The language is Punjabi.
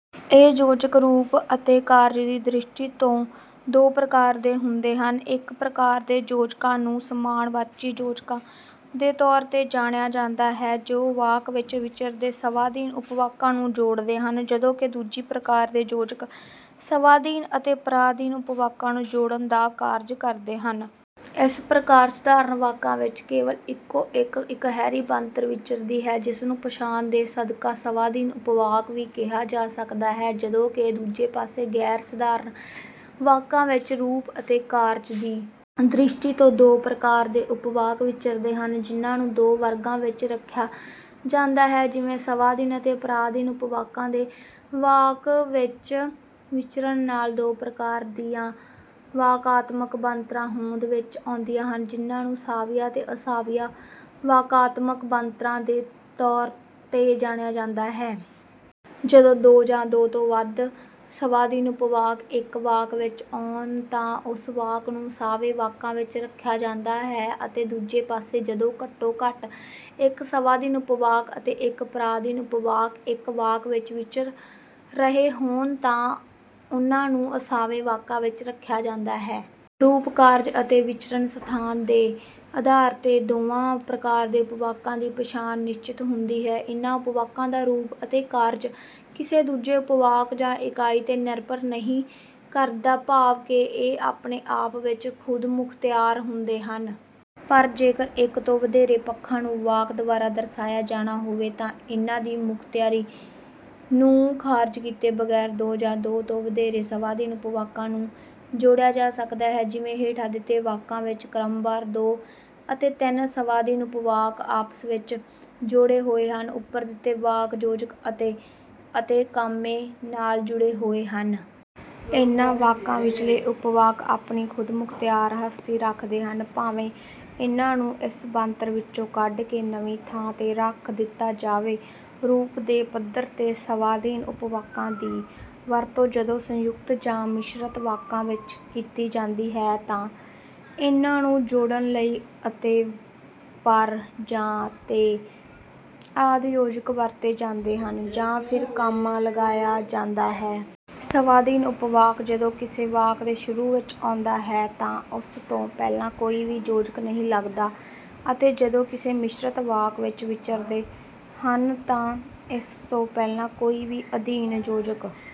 ਇਹ ਯੋਜਕ ਰੂਪ ਅਤੇ ਕਾਰਜ ਦੀ ਦ੍ਰਿਸ਼ਟੀ ਤੋਂ ਦੋ ਪ੍ਰਕਾਰ ਦੇ ਹੁੰਦੇ ਹਨ। ਇੱਕ ਪ੍ਰਕਾਰ ਦੇ ਯੋਜਕਾਂ ਨੂੰ ਸਮਾਨਵਾਚੀ ਯੋਜਕਾਂ ਦੇ ਤੌਰ 'ਤੇ ਜਾਣਿਆ ਜਾਂਦਾ ਹੈ, ਜੋ ਵਾਕ ਵਿੱਚ ਵਿਚਰਦੇ ਸਵਾਧੀਨ ਉਪਵਾਕਾਂ ਨੂੰ ਜੋੜਦੇ ਹਨ, ਜਦੋਂ ਕਿ ਦੂਜੀ ਪ੍ਰਕਾਰ ਦੇ ਯੋਜਕ ਸਵਾਧੀਨ ਅਤੇ ਪਰਾਧੀਨ ਉਪਵਾਕਾਂ ਨੂੰ ਜੋੜਨ ਦਾ ਕਾਰਜ ਕਰਦੇ ਹਨ। ਇਸ ਪ੍ਰਕਾਰ ਸਧਾਰਨ ਵਾਕਾਂ ਵਿੱਚ ਕੇਵਲ ਇੱਕੋ-ਇੱਕ ਇਕਹਿਰੀ ਬਣਤਰ ਵਿਚਰਦੀ ਹੈ, ਜਿਸਨੂੰ ਪਛਾਣ ਦੇ ਸਦਕਾ ਸਵਾਧੀਨ ਉਪਵਾਕ ਵੀ ਕਿਹਾ ਜਾ ਸਕਦਾ ਹੈ, ਜਦੋਂ ਕਿ ਦੂਜੇ ਪਾਸੇ ਗੈਰ-ਸਧਾਰਨ ਵਾਕਾਂ ਵਿੱਚ ਰੂਪ ਅਤੇ ਕਾਰਜ ਦੀ ਦ੍ਰਿਸ਼ਟੀ ਤੋਂ ਦੋ ਪ੍ਰਕਾਰ ਦੇ ਉਪਵਾਕ ਵਿਚਰਦੇ ਹਨ, ਜਿਨ੍ਹਾਂ ਨੂੰ ਦੋ ਵਰਗਾਂ ਵਿੱਚ ਰੱਖਿਆ ਜਾਂਦਾ ਹੈ, ਜਿਵੇਂ; ਸਵਾਧੀਨ ਅਤੇ ਪਰਾਧੀਨ ਉਪਵਾਕਾਂ ਦੇ ਵਾਕ ਵਿੱਚ ਵਿਚਰਨ ਨਾਲ ਦੋ ਪ੍ਰਕਾਰ ਦੀਆਂ ਵਾਕਾਤਮਕ ਬਣਤਰਾਂ ਹੋਂਦ ਵਿੱਚ ਆਉਂਦੀਆਂ ਹਨ, ਜਿਨ੍ਹਾਂ ਨੂੰ ਸਾਵੀਆਂ ਅਤੇ ਅਸਾਵੀਆਂ ਵਾਕਾਤਮਕ ਬਣਤਰਾਂ ਦੇ ਤੌਰ 'ਤੇ ਜਾਣਿਆ ਜਾਂਦਾ ਹੈ। ਜਦੋਂ ਦੋ ਜਾਂ ਦੋ ਤੋਂ ਵੱਧ ਸਵਾਧੀਨ ਉਪਵਾਕ ਇੱਕ ਵਾਕ ਵਿੱਚ ਆਉਣ ਤਾਂ ਉਸ ਵਾਕ ਨੂੰ ਸਾਵੇਂ ਵਾਕਾਂ ਵਿੱਚ ਰੱਖਿਆ ਜਾਂਦਾ ਹੈ, ਅਤੇ ਦੂਜੇ ਪਾਸੇ ਜਦੋਂ ਘੱਟੋ-ਘੱਟ ਇੱਕ ਸਵਾਧੀਨ ਉਪਵਾਕ ਅਤੇ ਇੱਕ ਪਰਾਧੀਨ ਉਪਵਾਕ ਇੱਕ ਵਾਕ ਵਿੱਚ ਵਿਚਰ ਰਹੇ ਹੋਣ ਤਾਂ ਉਨ੍ਹਾਂ ਨੂੰ ਅਸਾਵੇਂ ਵਾਕਾਂ ਵਿੱਚ ਰੱਖਿਆ ਜਾਂਦਾ ਹੈ। ਰੂਪ, ਕਾਰਜ ਅਤੇ ਵਿਚਰਨ ਸਥਾਨ ਦੇ ਆਧਾਰ 'ਤੇ ਦੋਵੇਂ ਪ੍ਰਕਾਰ ਦੇ ਉਪਵਾਕਾਂ ਦੀ ਪਛਾਣ ਨਿਸ਼ਚਿਤ ਹੁੰਦੀ ਹੈ। ਇਨ੍ਹਾਂ ਉਪਵਾਕਾਂ ਦਾ ਰੂਪ ਅਤੇ ਕਾਰਜ ਕਿਸੇ ਦੂਜੇ ਉਪਵਾਕ ਜਾਂ ਇਕਾਈ 'ਤੇ ਨਿਰਭਰ ਨਹੀਂ ਕਰਦਾ, ਭਾਵ ਕਿ ਇਹ ਆਪਣੇ ਆਪ ਵਿੱਚ ਖ਼ੁਦਮੁਖਤਿਆਰ ਹੁੰਦੇ ਹਨ। ਪਰ ਜੇਕਰ ਇੱਕ ਤੋਂ ਵਧੇਰੇ ਪੱਖਾਂ ਨੂੰ ਵਾਕ ਦੁਆਰਾ ਦਰਸਾਇਆ ਜਾਣਾ ਹੋਵੇ ਤਾਂ ਇਨ੍ਹਾਂ ਦੀ ਖ਼ੁਦਮੁਖਤਿਆਰੀ ਨੂੰ ਖਾਰਜ ਕੀਤੇ ਬਗੈਰ ਦੋ ਜਾਂ ਦੋ ਤੋਂ ਵਧੇਰੇ ਸਵਾਧੀਨ ਉਪਵਾਕਾਂ ਨੂੰ ਜੋੜਿਆ ਜਾ ਸਕਦਾ ਹੈ; ਜਿਵੇਂ ਹੇਠਾਂ ਦਿੱਤੇ ਵਾਕਾਂ ਵਿੱਚ ਕ੍ਰਮਵਾਰ ਦੋ ਅਤੇ ਤਿੰਨ ਸਵਾਧੀਨ ਉਪਵਾਕ ਆਪਸ ਵਿੱਚ ਜੁੜੇ ਹੋਏ ਹਨ; ਉੱਪਰ ਦਿੱਤੇ ਵਾਕ ਯੋਜਕ ਅਤੇ ਅਤੇ ਕਾਮੇ ਨਾਲ ਜੁੜੇ ਹੋਏ ਹਨ। ਇਨ੍ਹਾਂ ਵਾਕਾਂ ਵਿਚਲੇ ਉਪਵਾਕ ਆਪਣੀ ਖ਼ੁਦਮੁਖਤਿਆਰ ਹਸਤੀ ਰੱਖਦੇ ਹਨ, ਭਾਵੇਂ ਇਨ੍ਹਾਂ ਨੂੰ ਇਸ ਬਣਤਰ ਵਿੱਚੋਂ ਕੱਢ ਕੇ ਨਵੀਂ ਥਾਂ 'ਤੇ ਰੱਖ ਦਿੱਤਾ ਜਾਵੇ। ਰੂਪ ਦੇ ਪੱਧਰ 'ਤੇ ਸਵਾਧੀਨ ਉਪਵਾਕਾਂ ਦੀ ਵਰਤੋਂ ਜਦੋਂ ਸੰਯੁਕਤ ਜਾਂ ਮਿਸ਼ਰਿਤ ਵਾਕਾਂ ਵਿੱਚ ਕੀਤੀ ਜਾਂਦੀ ਹੈ ਤਾਂ ਇਨ੍ਹਾਂ ਨੂੰ ਜੋੜਨ ਲਈ ਅਤੇ, ਪਰ, ਜਾਂ, ਤੇ ਆਦਿ ਯੋਜਕ ਵਰਤੇ ਜਾਂਦੇ ਹਨ ਜਾਂ ਫਿਰ ਕਾਮਾ ਲਗਾਇਆ ਜਾਂਦਾ ਹੈ। ਸਵਾਧੀਨ ਉਪਵਾਕ ਜਦੋਂ ਕਿਸੇ ਵਾਕ ਦੇ ਸ਼ੁਰੂ ਵਿੱਚ ਆਉਂਦਾ ਹੈ ਤਾਂ ਉਸ ਤੋਂ ਪਹਿਲਾਂ ਕੋਈ ਵੀ ਯੋਜਕ ਨਹੀਂ ਲਗਦਾ, ਅਤੇ ਜਦੋਂ ਕਿਸੇ ਮਿਸ਼ਰਿਤ ਵਾਕ ਵਿੱਚ ਵਿਚਰਦੇ ਹਨ ਤਾਂ ਇਸ ਤੋਂ ਪਹਿਲਾਂ ਕੋਈ ਵੀ ਅਧੀਨ ਯੋਜਕ